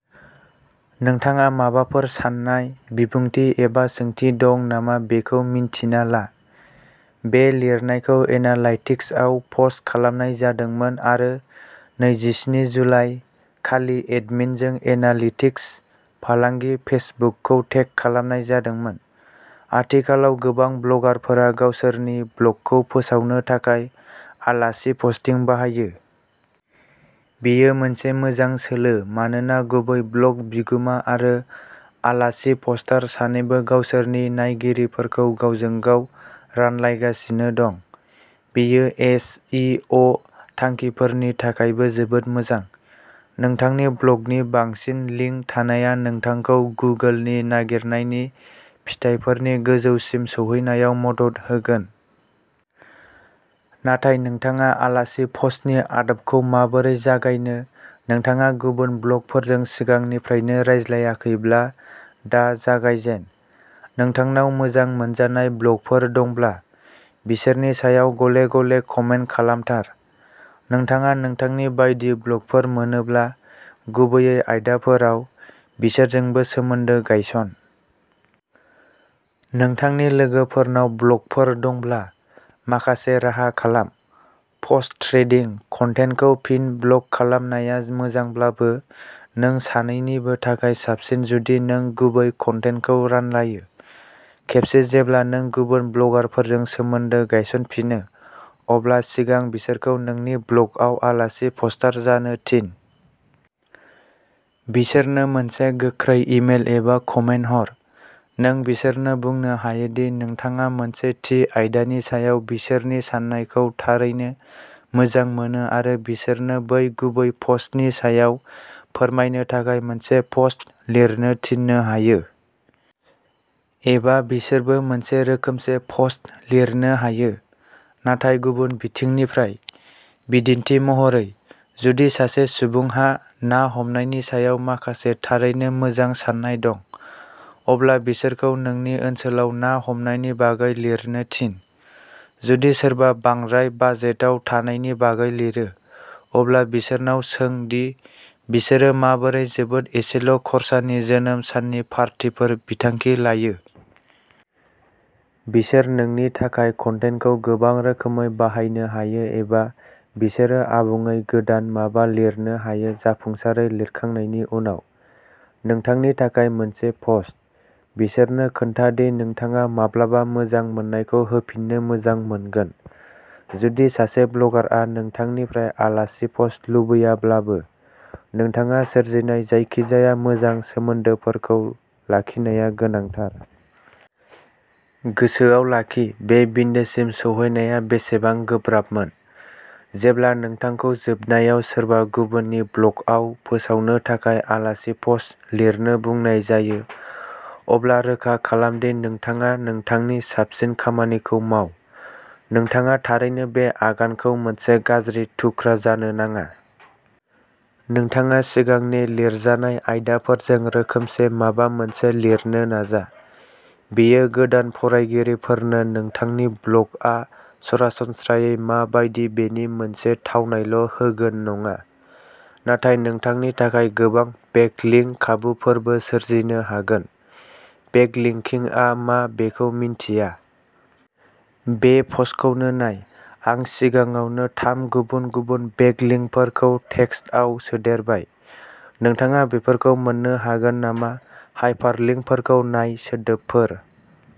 नोंथाङा माबाफोर साननाय, बिबुंथि एबा सोंथि दं नामा बेखौ मिन्थिना ला। बे लिरनायखौ एनालाइटिक्सआव पस्ट खालामनाय जादोंमोन आरो नैजिस्नि जुलाइ, खालि एडमिनजों एनालिटिक्स, फालांगि, फेसबुकखौ टेग खालामनाय जादोंमोन। आथिखालाव गोबां ब्लगारफोरा गावसोरनि ब्लगखौ फोसावनो थाखाय आलासि पस्टिं बाहायो। बेयो मोनसे मोजां सोलो मानोना गुबै ब्लग बिगोमा आरो आलासि पस्टार सानैबो गावसोरनि नायगिरिफोरखौ गावजों गाव रानलायगासिनो दं। बेयो एस इ अ थांखिफोरनि थाखायबो जोबोद मोजां। नोंथांनि ब्लगनि बांसिन लिंक थानाया नोंथांखौ गुगोलनि नागिरनायनि फिथायफोरनि गोजौसिम सौहैनायाव मदद होगोन। नाथाय नोंथाङा आलासि पस्टनि आदबखौ माबोरै जागायनो नोंथाङा गुबुन ब्लगफोरजों सिगांनिफ्रायनो रायज्लायाखैब्ला, दा जागायजेन। नोंथांनाव मोजां मोनजानाय ब्लगफोर दंब्ला, बिसोरनि सायाव गले-गले कमेन्ट खालामथार। नोंथाङा नोंथांनि बायदि ब्लगफोर मोनोब्ला, गुबैयै आयदाफोराव, बिसोरजोंबो सोमोन्दो गायसन। नोंथांनि लोगोफोरनाव ब्लगफोर दंब्ला, माखासे राहा खालाम। Post trading. कन्टेन्टखौ फिन ब्लग खालामनाया मोजांब्लाबो, नों सानैनिबो थाखाय साबसिन जुदि नों गुबै कन्टेन्टखौ रानलायो। खेबसे जेब्ला नों गुबुन ब्लगारफोरजों सोमोन्दो गायसनफिनो, अब्ला सिगां बिसोरखौ नोंनि ब्लगआव आलासि पस्टार जानो थिन। बिसोरनो मोनसे गोख्रै इमेल एबा कमेन्ट हर। नों बिसोरनो बुंनो हायो दि नोंथाङा मोनसे थि आयदानि सायाव बिसोरनि साननायखौ थारैनो मोजां मोनो आरो बिसोरनो बै गुबै पस्टनि सायाव फोरमायनो थाखाय मोनसे पस्ट लिरनो थिननो हायो। एबा बिसोरबो मोनसे रोखोमसे पस्ट लिरनो हायो, नाथाय गुबुन बिथिंनिफ्राय। बिदिन्थि महरै, जुदि सासे सुबुंहा ना हमनायनि सायाव माखासे थारैनो मोजां सान्नाय दं, अब्ला बिसोरखौ नोंनि ओनसोलाव ना हमनायनि बागै लिरनो थिन। जुदि सोरबा बांद्राय बाजेटाव थानायनि बागै लिरो, अब्ला बिसोरनाव सों दि बिसोरो माबोरै जोबोद एसेल'खरसानि जोनोम साननि पार्टिफोर बिथांखि लायो। बिसोर नोंनि थाखाय कन्टेन्टखौ गोबां रोखोमै बाहायनो हायो एबा बिसोरो आबुङै गोदान माबा लिरनो हायो जाफुंसारै लिरखांनायनि उनाव। नोंथांनि थाखाय मोनसे पस्ट, बिसोरनो खोन्था दि नोंथाङा माब्लाबा मोजां मोननायखौ होफिननो मोजां मोनगोन। जुदि सासे ब्लगारआ नोंथांनिफ्राय आलासि पस्ट लुबैयाब्लाबो, नोंथाङा सोरजिनाय जायखिजाया मोजां सोमोन्दोफोरखौ लाखिनाया गोनांथार। गोसोआव लाखि बे बिन्दोसिम सौहैनाया बेसेबां गोब्राबमोन? जेब्ला नोंथांखौ जोबनायाव सोरबा गुबुननि ब्लगआव फोसावनो थाखाय आलासि पस्ट लिरनो बुंनाय जायो, अब्ला रोखा खालाम दि नोंथाङा नोंथांनि साबसिन खामानिखौ माव। नोंथाङा थारैनो बे आगानखौ मोनसे गाज्रि थुख्रा जानो नाङा। नोंथाङा सिगांनि लिरजानाय आयदाफोरजों रोखोमसे माबा मोनसे लिरनो नाजा। बेयो गोदान फरायगिरिफोरनो नोंथांनि ब्लगआ सरासनस्रायै मा बायदि बेनि मोनसे थावनायल' होगोन नङा, नाथाय नोंथांनि थाखाय गोबां बेकलिङ्क खाबुफोरबो सोरजिनो हागोन। बेकलिङ्किंआ मा बेखौ मिन्थिया। बे पस्टखौनो नाय। आं सिगाङावनो थाम गुबुन-गुबुन बेकलिङ्कफोरखौ टेक्सटआव सोदेरबाय। नोंथाङा बेफोरखौ मोन्नो हागोन नामा हाइपारलिङ्कफोरखौ नाय सोदोबफोर।